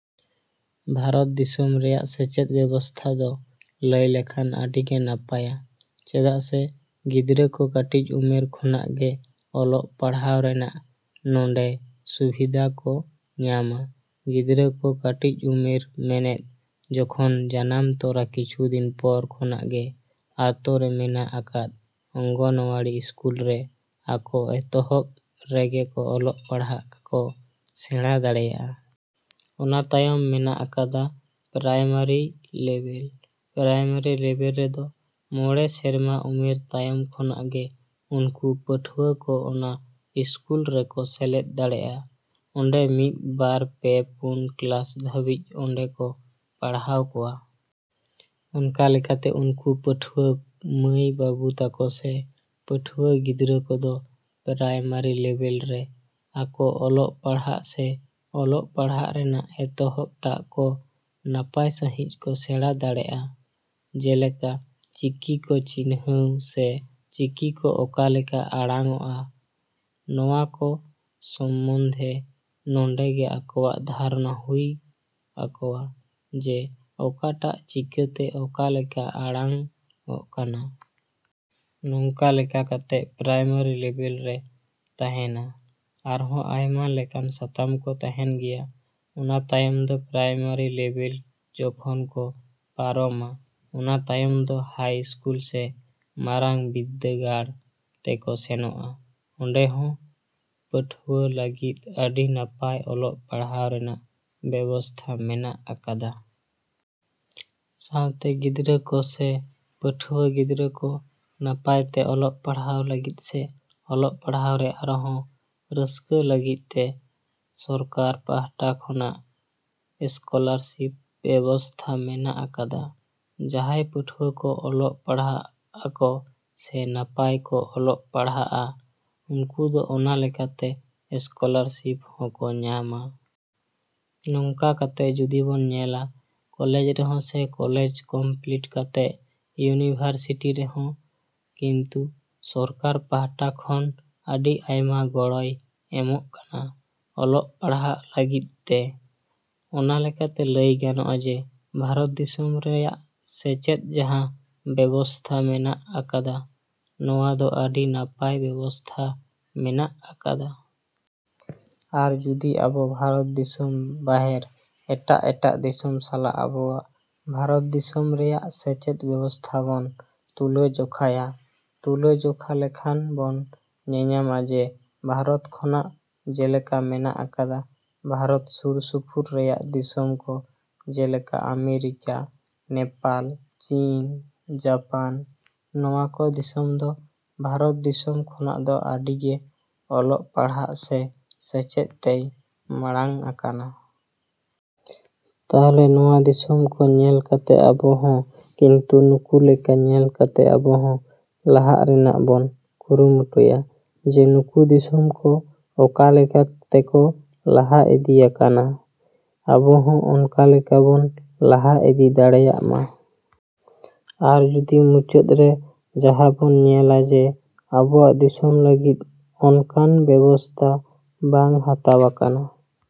‎ᱵᱷᱟᱨᱚᱛ ᱫᱤᱥᱚᱢ ᱨᱮᱭᱟᱜ ᱥᱮᱪᱮᱫ ᱵᱮᱵᱚᱥᱛᱷᱟ ᱫᱚ ᱞᱟᱹᱭ ᱞᱮᱠᱷᱟᱱ ᱟᱹᱰᱤᱜᱮ ᱱᱟᱯᱟᱭᱟ, ᱪᱮᱫᱟᱜ ᱥᱮ ᱜᱤᱫᱽᱨᱟᱹ ᱠᱚ ᱠᱟᱹᱴᱤᱡ ᱩᱢᱮᱨ ᱠᱷᱚᱱᱟᱜ ᱜᱮ ᱚᱞᱚᱜ ᱯᱟᱲᱦᱟᱣ ᱨᱮᱱᱟᱜ ᱱᱚᱰᱮ ᱥᱩᱵᱤᱫᱷᱟ ᱠᱚ ᱧᱟᱢᱟ᱾ ᱜᱤᱫᱽᱨᱟᱹ ᱠᱚ ᱠᱟᱹᱴᱤᱡ ᱩᱢᱮᱨ ᱢᱮᱱᱮᱫ ᱡᱚᱠᱷᱚᱱ ᱡᱟᱱᱟᱢ ᱛᱚᱨᱟ ᱠᱤᱪᱷᱩ ᱫᱤᱱ ᱯᱚᱨ ᱠᱷᱚᱱᱟᱜ ᱜᱮ ᱟᱛᱳᱨᱮ ᱢᱮᱱᱟᱜ ᱟᱠᱟᱫ ᱚᱝᱜᱚᱱᱳᱣᱟᱲᱤ ᱤᱥᱠᱩᱞ ᱨᱮ ᱟᱠᱚ ᱮᱛᱚᱦᱚᱵ ᱨᱮᱜᱮ ᱠᱚ ᱚᱞᱚᱜ ᱯᱟᱲᱦᱟᱜ ᱠᱚ ᱥᱮᱬᱟ ᱫᱟᱲᱮᱭᱟᱜᱼᱟ᱾ ᱚᱱᱟ ᱛᱟᱭᱚᱢ ᱢᱮᱱᱟᱜ ᱟᱠᱟᱫᱟ ᱯᱨᱟᱭᱢᱟᱨᱤ ᱞᱮᱵᱮᱞ᱾ ᱯᱨᱟᱭᱢᱟᱨᱤ ᱞᱮᱵᱮᱞ ᱨᱮᱫᱚ ᱢᱚᱬᱮ ᱥᱮᱨᱢᱟ ᱩᱢᱮᱨ ᱛᱟᱭᱚᱢ ᱠᱷᱚᱱᱟᱜ ᱜᱮ ᱩᱱᱠᱩ ᱯᱟᱹᱴᱷᱩᱣᱟᱹ ᱠᱚ ᱚᱱᱟ ᱤᱥᱠᱩᱞ ᱨᱮᱠᱚ ᱥᱮᱞᱮᱫ ᱫᱟᱲᱮᱜᱼᱟ᱾ ᱚᱸᱰᱮ ᱢᱤᱫ, ᱵᱟᱨ, ᱯᱮ, ᱯᱩᱱ ᱠᱞᱟᱥ ᱫᱷᱟᱹᱵᱤᱡ ᱚᱸᱰᱮ ᱠᱚ ᱯᱟᱲᱦᱟᱣ ᱠᱚᱣᱟ᱾ ᱚᱱᱠᱟ ᱞᱮᱠᱟᱛᱮ ᱩᱱᱠᱩ ᱯᱟᱹᱴᱷᱩᱣᱟᱹ ᱢᱟᱹᱭᱼᱵᱟᱹᱵᱩ ᱛᱟᱠᱚ ᱥᱮ ᱯᱟᱹᱴᱷᱩᱣᱟᱹ ᱜᱤᱫᱽᱨᱟᱹ ᱠᱚᱫᱚ ᱯᱨᱟᱭᱢᱟᱨᱤ ᱞᱮᱵᱮᱞ ᱨᱮ ᱟᱠᱚ ᱚᱞᱚᱜ ᱯᱟᱲᱦᱟᱜ ᱥᱮ ᱚᱞᱚᱜ ᱯᱟᱲᱦᱟᱜ ᱨᱮᱱᱟᱜ ᱮᱛᱚᱦᱚᱵ ᱴᱟᱜ ᱠᱚ ᱱᱟᱯᱟᱭ ᱥᱟᱺᱦᱤᱡ ᱠᱚ ᱥᱮᱬᱟ ᱫᱟᱲᱮᱜᱼᱟ᱾ ᱡᱮᱞᱮᱠᱟ ᱪᱤᱠᱤ ᱠᱚ ᱪᱤᱱᱦᱟᱹᱣ ᱥᱮ ᱪᱤᱠᱤ ᱠᱚ ᱚᱠᱟ ᱞᱮᱠᱟ ᱟᱲᱟᱝ ᱚᱜᱼᱟ, ᱱᱚᱣᱟ ᱠᱚ ᱥᱚᱢᱚᱱᱫᱷᱮ ᱱᱚᱰᱮᱜᱮ ᱟᱠᱚᱣᱟᱜ ᱫᱷᱟᱨᱚᱱᱟ ᱦᱩᱭ ᱟᱠᱚᱣᱟ ᱡᱮ ᱚᱠᱟᱴᱟᱜ ᱪᱤᱠᱟᱹᱛᱮ ᱚᱠᱟ ᱞᱮᱠᱟ ᱟᱲᱟᱝ ᱚᱜ ᱠᱟᱱᱟ᱾ ᱱᱚᱝᱠᱟ ᱞᱮᱠᱟ ᱠᱟᱛᱮ ᱯᱨᱟᱭᱢᱟᱨᱤ ᱞᱮᱵᱮᱞ ᱨᱮ ᱛᱟᱦᱮᱱᱟ ᱟᱨᱦᱚᱸ ᱟᱭᱢᱟ ᱞᱮᱠᱟᱱ ᱥᱟᱛᱟᱢ ᱠᱚ ᱛᱟᱦᱮᱱ ᱜᱮᱭᱟ᱾ ᱚᱱᱟ ᱛᱟᱭᱚᱢ ᱫᱚ ᱯᱨᱟᱭᱢᱟᱨᱤ ᱞᱮᱵᱮᱞ ᱡᱚᱠᱷᱚᱱ ᱠᱚ ᱯᱟᱨᱚᱢᱟ, ᱚᱱᱟ ᱛᱟᱭᱚᱢ ᱫᱚ ᱦᱟᱭ ᱤᱥᱠᱩᱞ ᱥᱮ ᱢᱟᱨᱟᱝ ᱵᱤᱫᱽᱫᱟᱹᱜᱟᱲ ᱛᱮᱠᱚ ᱥᱮᱱᱚᱜᱼᱟ᱾ ᱚᱸᱰᱮ ᱦᱚᱸ ᱯᱟᱹᱴᱷᱩᱣᱟᱹ ᱞᱟᱹᱜᱤᱫ ᱟᱹᱰᱤ ᱱᱟᱯᱟᱭ ᱚᱞᱚᱜ ᱯᱟᱲᱦᱟᱣ ᱨᱮᱱᱟᱜ ᱵᱮᱵᱚᱥᱛᱷᱟ ᱢᱮᱱᱟᱜ ᱟᱠᱟᱫᱟ᱾ ᱥᱟᱶᱛᱮ ᱜᱤᱫᱽᱨᱟᱹ ᱠᱚ ᱥᱮ ᱯᱟᱹᱴᱷᱩᱣᱟᱹ ᱜᱤᱫᱽᱨᱟᱹ ᱠᱚ ᱱᱟᱯᱟᱭᱛᱮ ᱚᱞᱚᱜ ᱯᱟᱲᱦᱟᱣ ᱞᱟᱹᱜᱤᱫ ᱥᱮ ᱚᱞᱚᱜ ᱯᱟᱲᱦᱟᱣ ᱨᱮ ᱟᱨᱦᱚᱸ ᱨᱟᱹᱥᱠᱟᱹ ᱞᱟᱹᱜᱤᱫ ᱛᱮ ᱥᱚᱨᱠᱟᱨ ᱯᱟᱦᱴᱟ ᱠᱷᱚᱱᱟᱜ ᱥᱠᱚᱞᱟᱨᱥᱤᱯ ᱵᱮᱵᱚᱥᱛᱷᱟ ᱢᱮᱱᱟᱜ ᱟᱠᱟᱫᱟ᱾ ᱡᱟᱦᱟᱸᱭ ᱯᱟᱹᱴᱷᱩᱣᱟᱹ ᱠᱚ ᱚᱞᱚᱜ ᱯᱟᱲᱦᱟᱜ ᱟᱠᱚ ᱥᱮ ᱱᱟᱯᱟᱭ ᱠᱚ ᱚᱞᱚᱜ ᱯᱟᱲᱦᱟᱜᱼᱟ, ᱩᱱᱠᱩ ᱫᱚ ᱚᱱᱟ ᱞᱮᱠᱟᱛᱮ ᱥᱠᱚᱞᱟᱨᱥᱤᱯ ᱦᱚᱸᱠᱚ ᱧᱟᱢᱟ᱾ ᱱᱚᱝᱠᱟ ᱠᱟᱛᱮ ᱡᱩᱫᱤ ᱵᱚᱱ ᱧᱮᱞᱟ, ᱠᱚᱞᱮᱡᱽ ᱨᱮᱦᱚᱸ ᱥᱮ ᱠᱚᱞᱮᱡᱽ ᱠᱚᱢᱯᱞᱤᱴ ᱠᱟᱛᱮ ᱤᱭᱩᱱᱤᱵᱷᱟᱨᱥᱤᱴᱤ ᱨᱮᱦᱚᱸ ᱠᱤᱱᱛᱩ ᱥᱚᱨᱠᱟᱨ ᱯᱟᱦᱴᱟ ᱠᱷᱚᱱ ᱟᱹᱰᱤ ᱟᱭᱢᱟ ᱜᱚᱲᱚᱭ ᱮᱢᱚᱜ ᱠᱟᱱᱟ ᱚᱞᱚᱜ ᱯᱟᱲᱦᱟᱜ ᱞᱟᱹᱜᱤᱫ ᱛᱮ᱾ ᱚᱱᱟ ᱞᱮᱠᱟᱛᱮ ᱞᱟᱹᱭ ᱜᱟᱱᱚᱜᱼᱟ ᱡᱮ ᱵᱷᱟᱨᱚᱛ ᱫᱤᱥᱚᱢ ᱨᱮᱭᱟᱜ ᱥᱮᱪᱮᱫ ᱡᱟᱦᱟᱸ ᱵᱮᱵᱚᱥᱛᱷᱟ ᱢᱮᱱᱟᱜ ᱟᱠᱟᱫᱟ, ᱱᱚᱣᱟ ᱫᱚ ᱟᱹᱰᱤ ᱱᱟᱯᱟᱭ ᱵᱮᱵᱚᱥᱛᱷᱟ ᱢᱮᱱᱟᱜ ᱟᱠᱟᱫᱟ᱾ ᱟᱨ ᱡᱩᱫᱤ ᱟᱵᱚ ᱵᱷᱟᱨᱚᱛ ᱫᱤᱥᱚᱢ ᱵᱟᱦᱮᱨ ᱮᱴᱟᱜᱼᱮᱴᱟᱜ ᱫᱤᱥᱚᱢ ᱥᱟᱞᱟᱜ ᱟᱵᱚᱣᱟᱜ ᱵᱷᱟᱨᱚᱛ ᱫᱤᱥᱚᱢ ᱨᱮᱭᱟᱜ ᱥᱮᱪᱮᱫ ᱵᱮᱵᱚᱥᱛᱷᱟ ᱵᱚᱱ ᱛᱩᱞᱟᱹᱡᱚᱠᱷᱟᱭᱟ, ᱛᱩᱞᱟᱹᱡᱚᱠᱷᱟ ᱞᱮᱠᱷᱟᱱ ᱵᱚᱱ ᱧᱮᱧᱟᱢᱟ ᱡᱮ ᱵᱷᱟᱨᱚᱛ ᱠᱷᱚᱱᱟᱜ ᱡᱮᱞᱮᱠᱟ ᱢᱮᱱᱟᱜ ᱟᱠᱟᱫᱟ ᱵᱷᱟᱨᱚᱛ ᱥᱩᱨ ᱥᱩᱯᱩᱨ ᱨᱮᱭᱟᱜ ᱫᱤᱥᱚᱢ ᱠᱚ ᱡᱮᱞᱮᱠᱟ ᱟᱢᱮᱨᱤᱠᱟ, ᱱᱮᱯᱟᱞ, ᱪᱤᱱ, ᱡᱟᱯᱟᱱ, ᱱᱚᱣᱟ ᱠᱚ ᱫᱤᱥᱚᱢ ᱫᱚ ᱵᱷᱟᱨᱚᱛ ᱫᱤᱥᱚᱢ ᱠᱷᱚᱱᱟᱜ ᱫᱚ ᱟᱹᱰᱤᱜᱮ ᱚᱞᱚᱜ ᱯᱟᱲᱦᱟᱜ ᱥᱮ ᱥᱮᱪᱮᱫ ᱛᱮᱭ ᱢᱟᱲᱟᱝ ᱟᱠᱟᱱᱟ᱾ ᱛᱟᱦᱞᱮ ᱱᱚᱣᱟ ᱫᱤᱥᱚᱢ ᱠᱚ ᱧᱮᱞ ᱠᱟᱛᱮᱜ ᱟᱵᱚ ᱦᱚᱸ ᱠᱤᱱᱛᱩ ᱱᱩᱠᱩ ᱞᱮᱠᱟ ᱧᱮᱞ ᱠᱟᱛᱮ ᱟᱵᱚᱦᱚᱸ ᱞᱟᱦᱟᱜ ᱨᱮᱱᱟᱜ ᱵᱚᱱ ᱠᱩᱨᱩᱢᱩᱴᱩᱭᱟ ᱡᱮ ᱩᱱᱠᱩ ᱫᱤᱥᱚᱢ ᱠᱚ ᱚᱠᱟ ᱞᱮᱠᱟ ᱛᱮᱠᱚ ᱞᱟᱦᱟ ᱤᱫᱤ ᱟᱠᱟᱱᱟ, ᱟᱵᱚᱦᱚᱸ ᱚᱱᱠᱟ ᱞᱮᱠᱟ ᱵᱚᱱ ᱞᱟᱦᱟ ᱤᱫᱤ ᱫᱟᱲᱮᱭᱟᱜ ᱢᱟ᱾ ᱟᱨ ᱡᱩᱫᱤ ᱢᱩᱪᱟᱹᱫ ᱨᱮ ᱡᱟᱦᱟᱸ ᱵᱚᱱ ᱧᱮᱞᱟ ᱡᱮ ᱟᱵᱚᱣᱟᱜ ᱫᱤᱥᱚᱢ ᱞᱟ.ᱜᱤᱫ ᱚᱱᱠᱟᱱ ᱵᱮᱵᱚᱥᱛᱟ ᱵᱟᱝ ᱦᱟᱛᱟᱣ ᱟᱠᱟᱱᱟ ᱾